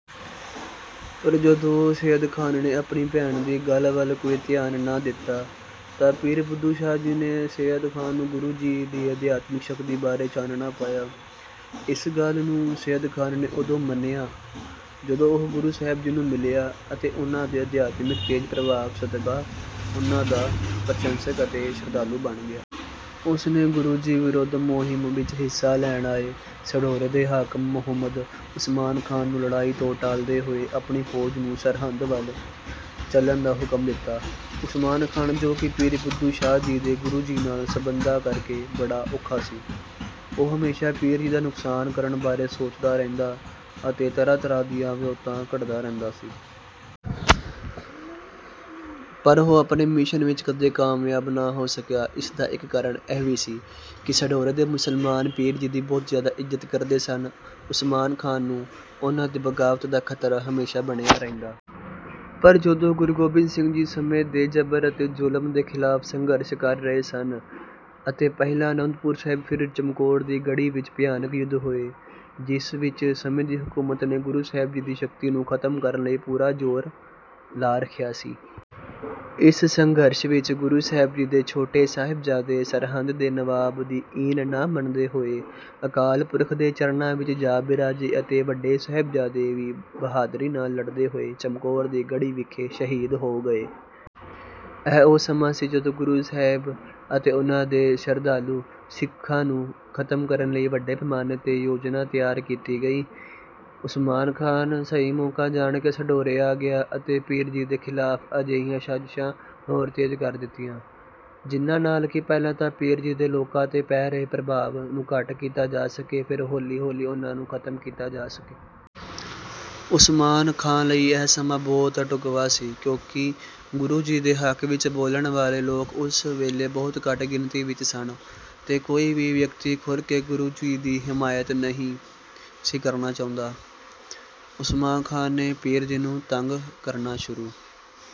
ਪਰ ਜਦੋਂ ਸੱਯਦ ਖਾਂ ਨੇ ਆਪਣੀ ਭੈਣ ਦੀ ਗੱਲ ਵੱਲ ਕੋਈ ਧਿਆਨ ਨਾ ਦਿੱਤਾ ਤਾਂ ਪੀਰ ਬੁੱਧੂ ਸ਼ਾਹ ਜੀ ਨੇ ਸੱਯਦ ਖਾਂ ਨੂੰ ਗੁਰੂ ਜੀ ਦੀ ਅਧਿਆਤਮਿਕ ਸ਼ਕਤੀ ਬਾਰੇ ਚਾਨਣਾ ਪਾਇਆ। ਇਸ ਗੱਲ ਨੂੰ ਸੱਯਦ ਖਾਂ ਨੇ ਉਦੋਂ ਮੰਨਿਆ ਜਦੋਂ ਉਹ ਗੁਰੂ ਸਾਹਿਬ ਜੀ ਨੂੰ ਮਿਲਿਆ ਅਤੇ ਉਨ੍ਹਾਂ ਦੇ ਅਧਿਆਤਮਿਕ ਤੇਜ ਦੇ ਪ੍ਰਭਾਵ ਸਦਕਾ, ਉਨ੍ਹਾਂ ਦਾ ਪ੍ਰਸ਼ੰਸਕ ਅਤੇ ਸ਼ਰਧਾਲੂ ਬਣ ਗਿਆ। ਉਸ ਨੇ ਗੁਰੂ ਜੀ ਵਿਰੁੱਧ ਮੁਹਿੰਮ ਵਿੱਚ ਹਿੱਸਾ ਲੈਣ ਆਏ ਸਢੌਰੇ ਦੇ ਹਾਕਮ ਮੁਹੰਮਦ ਉਸਮਾਨ ਖਾਂ ਨੂੰ ਲੜਾਈ ਤੋਂ ਟਾਲਦੇ ਹੋਏ ਆਪਣੀ ਫੌਜ ਨੂੰ ਸਰਹਿੰਦ ਵੱਲ ਚੱਲਣ ਦਾ ਹੁਕਮ ਦਿੱਤਾ। ਉਸਮਾਨ ਖਾਂ, ਜੋ ਕਿ ਪੀਰ ਬੁੱਧੂ ਸ਼ਾਹ ਜੀ ਦੇ ਗੁਰੂ ਜੀ ਨਾਲ ਸੰਬੰਧਾਂ ਕਰਕੇ ਬੜਾ ਔਖਾ ਸੀ, ਉਹ ਹਮੇਸ਼ਾ ਪੀਰ ਜੀ ਦਾ ਨੁਕਸਾਨ ਕਰਨ ਬਾਰੇ ਸੋਚਦਾ ਰਹਿੰਦਾ ਅਤੇ ਤਰ੍ਹਾਂ-ਤਰ੍ਹਾਂ ਦੀਆਂ ਵਿਉਂਤਾਂ ਘੜਦਾ ਰਹਿੰਦਾ ਸੀ। ਪਰ ਉਹ ਆਪਣੇ ਮਿਸ਼ਨ ਵਿੱਚ ਕਦੇ ਕਾਮਯਾਬ ਨਾ ਹੋ ਸਕਿਆ। ਇਸ ਦਾ ਇੱਕ ਕਾਰਨ ਇਹ ਵੀ ਸੀ ਕਿ ਸਢੌਰੇ ਦੇ ਮੁਸਲਮਾਨ ਪੀਰ ਜੀ ਦੀ ਬਹੁਤ ਜ਼ਿਆਦਾ ਇੱਜ਼ਤ ਕਰਦੇ ਸਨ ਅਤੇ ਉਸਮਾਨ ਖਾਂ ਨੂੰ ਉਨ੍ਹਾਂ ਦੀ ਬਗ਼ਾਵਤ ਦਾ ਖ਼ਤਰਾ ਹਮੇਸ਼ਾ ਬਣਿਆ ਰਹਿੰਦਾ। ਪਰ ਜਦੋਂ ਗੁਰੂ ਗੋਬਿੰਦ ਸਿੰਘ ਜੀ ਸਮੇਂ ਦੇ ਜਬਰ ਅਤੇ ਜ਼ੁਲਮ ਦੇ ਖਿਲਾਫ਼ ਸੰਘਰਸ਼ ਕਰ ਰਹੇ ਸਨ ਅਤੇ ਪਹਿਲਾਂ ਆਨੰਦਪੁਰ ਸਾਹਿਬ ਫਿਰ ਚਮਕੌਰ ਦੀ ਗੜ੍ਹੀ ਵਿੱਚ ਭਿਆਨਕ ਯੁੱਧ ਹੋਏ, ਜਿਸ ਵਿੱਚ ਸਮੇਂ ਦੀ ਹਕੂਮਤ ਨੇ ਗੁਰੂ ਸਾਹਿਬ ਜੀ ਦੀ ਸ਼ਕਤੀ ਨੂੰ ਖਤਮ ਕਰਨ ਲਈ ਪੂਰਾ ਜ਼ੋਰ ਲਾ ਰੱਖਿਆ ਸੀ। ਇਸ ਸੰਘਰਸ਼ ਵਿੱਚ ਗੁਰੂ ਸਾਹਿਬ ਜੀ ਦੇ ਛੋਟੇ ਸਾਹਿਬਜ਼ਾਦੇ ਸਰਹਿੰਦ ਦੇ ਨਵਾਬ ਦੀ ਈਨ ਨਾ ਮੰਨਦੇ ਹੋਏ ਅਕਾਲ ਪੁਰਖ ਦੇ ਚਰਨਾਂ ਵਿੱਚ ਜਾ ਬਿਰਾਜੇ ਅਤੇ ਵੱਡੇ ਸਾਹਿਬਜ਼ਾਦੇ ਵੀ ਬਹਾਦਰੀ ਨਾਲ ਲੜਦੇ ਹੋਏ ਚਮਕੌਰ ਦੀ ਗੜ੍ਹੀ ਵਿਖੇ ਸ਼ਹੀਦ ਹੋ ਗਏ। ਇਹ ਉਹ ਸਮਾਂ ਸੀ, ਜਦੋਂ ਗੁਰੂ ਸਾਹਿਬ ਅਤੇ ਉਨ੍ਹਾਂ ਦੇ ਸ਼ਰਧਾਲੂ ਸਿੱਖਾਂ ਨੂੰ ਖਤਮ ਕਰਨ ਲਈ ਵੱਡੇ ਪੈਮਾਨੇ ਤੇ ਯੋਜਨਾ ਤਿਆਰ ਕੀਤੀ ਗਈ। ਉਸਮਾਨ ਖਾਂ ਸਹੀ ਮੌਕਾ ਜਾਣ ਕੇ ਸਢੌਰੇ ਆ ਗਿਆ ਅਤੇ ਪੀਰ ਜੀ ਦੇ ਖਿਲਾਫ਼ ਵੀ ਅਜਿਹੀਆਂ ਸਾਜ਼ਿਸ਼ਾਂ ਹੋਰ ਤੇਜ਼ ਕਰ ਦਿੱਤੀਆਂ, ਜਿਨ੍ਹਾਂ ਨਾਲ ਕਿ ਪਹਿਲਾਂ ਤਾਂ ਪੀਰ ਜੀ ਦੇ ਲੋਕਾਂ ਤੇ ਪੈ ਰਹੇ ਪ੍ਰਭਾਵ ਨੂੰ ਘੱਟ ਕੀਤਾ ਜਾ ਸਕੇ ਫਿਰ ਹੌਲੀ-ਹੌਲੀ ਉਨ੍ਹਾਂ ਨੂੰ ਖਤਮ ਕੀਤਾ ਜਾ ਸਕੇ। ਉਸਮਾਨ ਖਾਂ ਲਈ ਇਹ ਸਮਾਂ ਬਹੁਤ ਢੁਕਵਾਂ ਸੀ, ਕਿਉਂਕਿ ਗੁਰੂ ਜੀ ਦੇ ਹੱਕ ਵਿੱਚ ਬੋਲਣ ਵਾਲੇ ਲੋਕ ਉਸ ਵੇਲੇ ਬਹੁਤ ਘੱਟ ਗਿਣਤੀ ਵਿੱਚ ਸਨ ਅਤੇ ਕੋਈ ਵੀ ਵਿਅਕਤੀ ਖੁੱਲ੍ਹ ਕੇ ਗੁਰੂ ਜੀ ਦੀ ਹਮਾਇਤ ਨਹੀਂ ਸੀ ਕਰਨਾ ਚਾਹੁੰਦਾ। ਉਸਮਾਨ ਖਾਂ ਨੇ ਪੀਰ ਜੀ ਨੂੰ ਤੰਗ ਕਰਨਾ ਸ਼ੁਰੂ